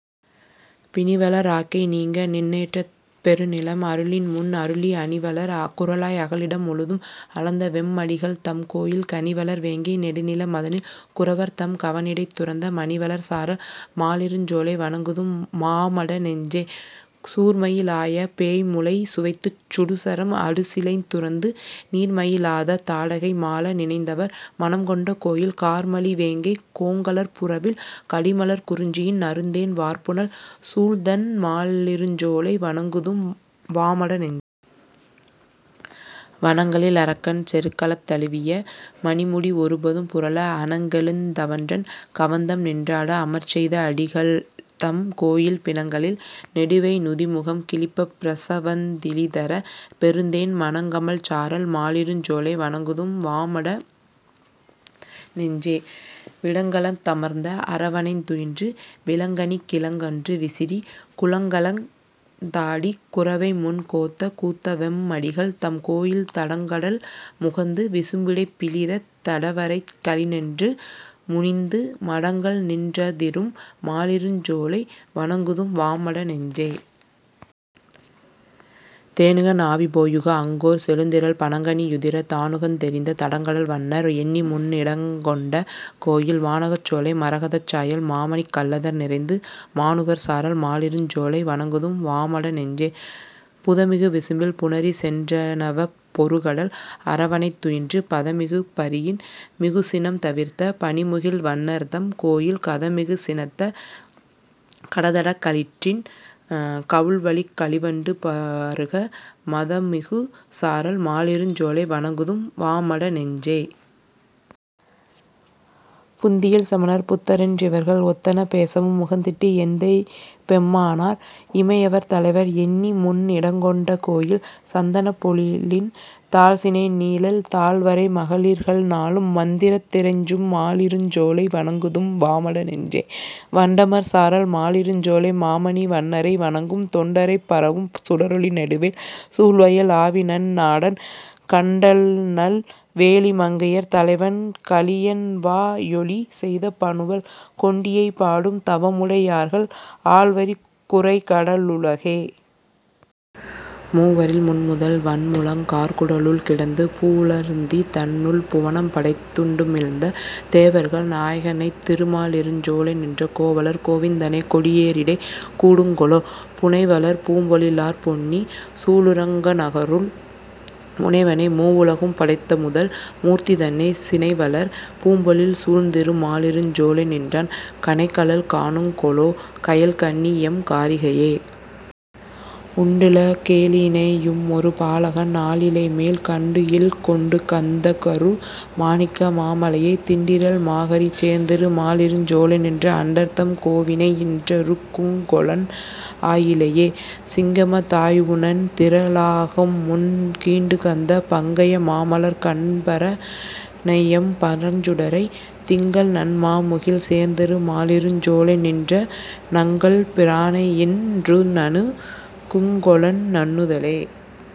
பிணிவளர் ஆக்கை நீங்க நின் றேத்தப் பெருநிலம் அருளின்முன் அருளி அணிவளர் குறளாய் அகலிடம் முழுதும் அளந்தவெம் மடிகள்தம் கோயில் கணிவளர் வேங்கை நெடுநில மதனில் குறவர்தம் கவணிடைத் துரந்த மணிவளர் சாரல் மாலிருஞ்சோலை வணங்குதும் வாமட நெஞ்சே.. சூர்மயி லாய பேய்முலை சுவைத்துச் சுடுசரம் அடுசிலைத் துரந்து நீர்மையி லாத தாடகை மாள நினைந்தவர் மனம்கொண்ட கோயில் கார்மலி வேங்கை கோங்கலர் புறவில் கடிமலர் குறிஞ்சியின் நறுந்தேன் வார்புனல் சூழ்தண் மாலிருஞ் சோலை வணங்குதும் வாமட நெஞ்சே.. வணங்கலில் அரக்கன் செருக்களத் தவிய மணிமுடி ஒருபதும் புரள அணங்கெழுந் தவன்றன் கவந்தம்நின் றாட அமர்ச்செய்த அடிகள்தம் கோயில் பிணங்கலில் நெடுவேய் நுதிமுகம் கிழிப்பப் பிரசம்வந் திழிதர பெருந்தேன் மணங்கமழ் சாரல் மாலிருஞ் சோலை வணங்குதும் வாமட நெஞ்சே.. விடங்கலந் தமர்ந்த அரவணைத் துயின்று விளங்கனிக் கிளங்கன்று விசிறி, குடங்கலந் தாடிக் குரவைமுன் கோத்த கூத்தவெம் மடிகள்தம் கோயில் தடங்கடல் முகந்து விசும்பிடைப் பிளிறத் தடவரைக் களிறென்று முனிந்து மடங்கல்நின் றதிரும் மாலிருஞ் சோலை வணங்குதும் வாமட நெஞ்சே.. தேனுகன் ஆவி போயுக அங்கோர் செழுந்திரள் பனங்கனி யுதிர தானுகந் தெறிந்த தடங்கடல் வண்ணர் எண்ணிமுன் இடங்கொண்ட கோயில், வானகச் சோலை மரகதச் சாயல் மாமணிக் கல்லதர் நிறைந்து, மானுகர் சாரல் மாலிருஞ் சோலை வணங்குதும் வாமட நெஞ்சே.. புதமிகு விசும்பில் புணரிசென் றணவப் பொருகடல் அரவணைத் துயின்று, பதமிகு பரியின் மிகுசினம் தவிர்த்த பனிமுகில் வண்ணர்தம் கோயில், கதமிகு சினத்த கடதடக் களிற்றின் கவுள்வழிக் களிவண்டு பருக, மதமிகு சாரல் மாலிருஞ் சோலை வணங்குதும் வாமட நெஞ்சே.. புந்தியில் சமணர் புத்தரென் றிவர்கள் ஒத்தன பேசவும் உகந்திட்டு, எந்தைபெம் மானார் இமையவர் தலைவர் எண்ணிமுன் இடங்கொண்ட கோயில், சந்தனப் பொழிலின் தாழ்சினை நீழல் தாழ்வரை மகளிர்கள் நாளும், மந்திரத் திறைஞ்சும் மாலிருஞ் சோலை வணங்குதும் வாமட நெஞ்சே.. வண்டமர் சாரல் மாலிருஞ் சோலை மாமணி வண்ணரை வணங்கும், தொண்டரைப் பரவும் சுடரொளி நெடுவேல் சூழ்வயல் ஆலிநன் னாடன் கண்டல்நல் வேலி மங்கையர் தலைவன் கலியன்வா யொலிசெய்த பனுவல், கொண்டிவை பாடும் தவமுடை யார்கள் ஆள்வரிக் குரைகட லுலகே. மூவரில் முன்முதல் வன்முழங் கார்கட லுள்கிடந்து, பூவுல ருந்திதன் னுள்புவ னம்படைத் துண்டுமிழ்ந்த, தேவர்கள் நாயக னைத்திரு மாலிருஞ் சோலைநின்ற, கோவலர் கோவிந் தனைக்கொடி யேரிடை கூடுங்கொலோ.. புனைவளர் பூம்பொழி லார்பொன்னி சூழரங் கநகருள் முனைவனை, மூவுல கும்படைத் தமுதல் மூர்த்திதன்னை, சினைவளர் பூம்பொழில் சூழ்திரு மாலிருஞ் சோலைநின்றான் கனைகழல் காணுங்கொ லோகயல் கண்ணியெம் காரிகையே.. உண்டுல கேழினை யும் ஒரு பாலகன் ஆலிலைமேல், கண்டுயில் கொண்டுகந் தகரு மாணிக்க மாமலையை, திண்டிறல் மாகரி சேர்திரு மாலிருஞ் சோலைநின்ற, அண்டர்தம் கோவினை யின்றணு குங்கொலென் ஆயிழையே.. சிங்கம தாயவு ணன்திற லாகம்முன் கீண்டுகந்த, பங்கய மாமலர்க் கண்பர னையெம் பரஞ்சுடரை, திங்கள்நன் மாமுகில் சேர்திரு மாலிருஞ் சோலைநின்ற, நங்கள்பி ரானையின் றுநணு குங்கொலென் நன்னுதலே.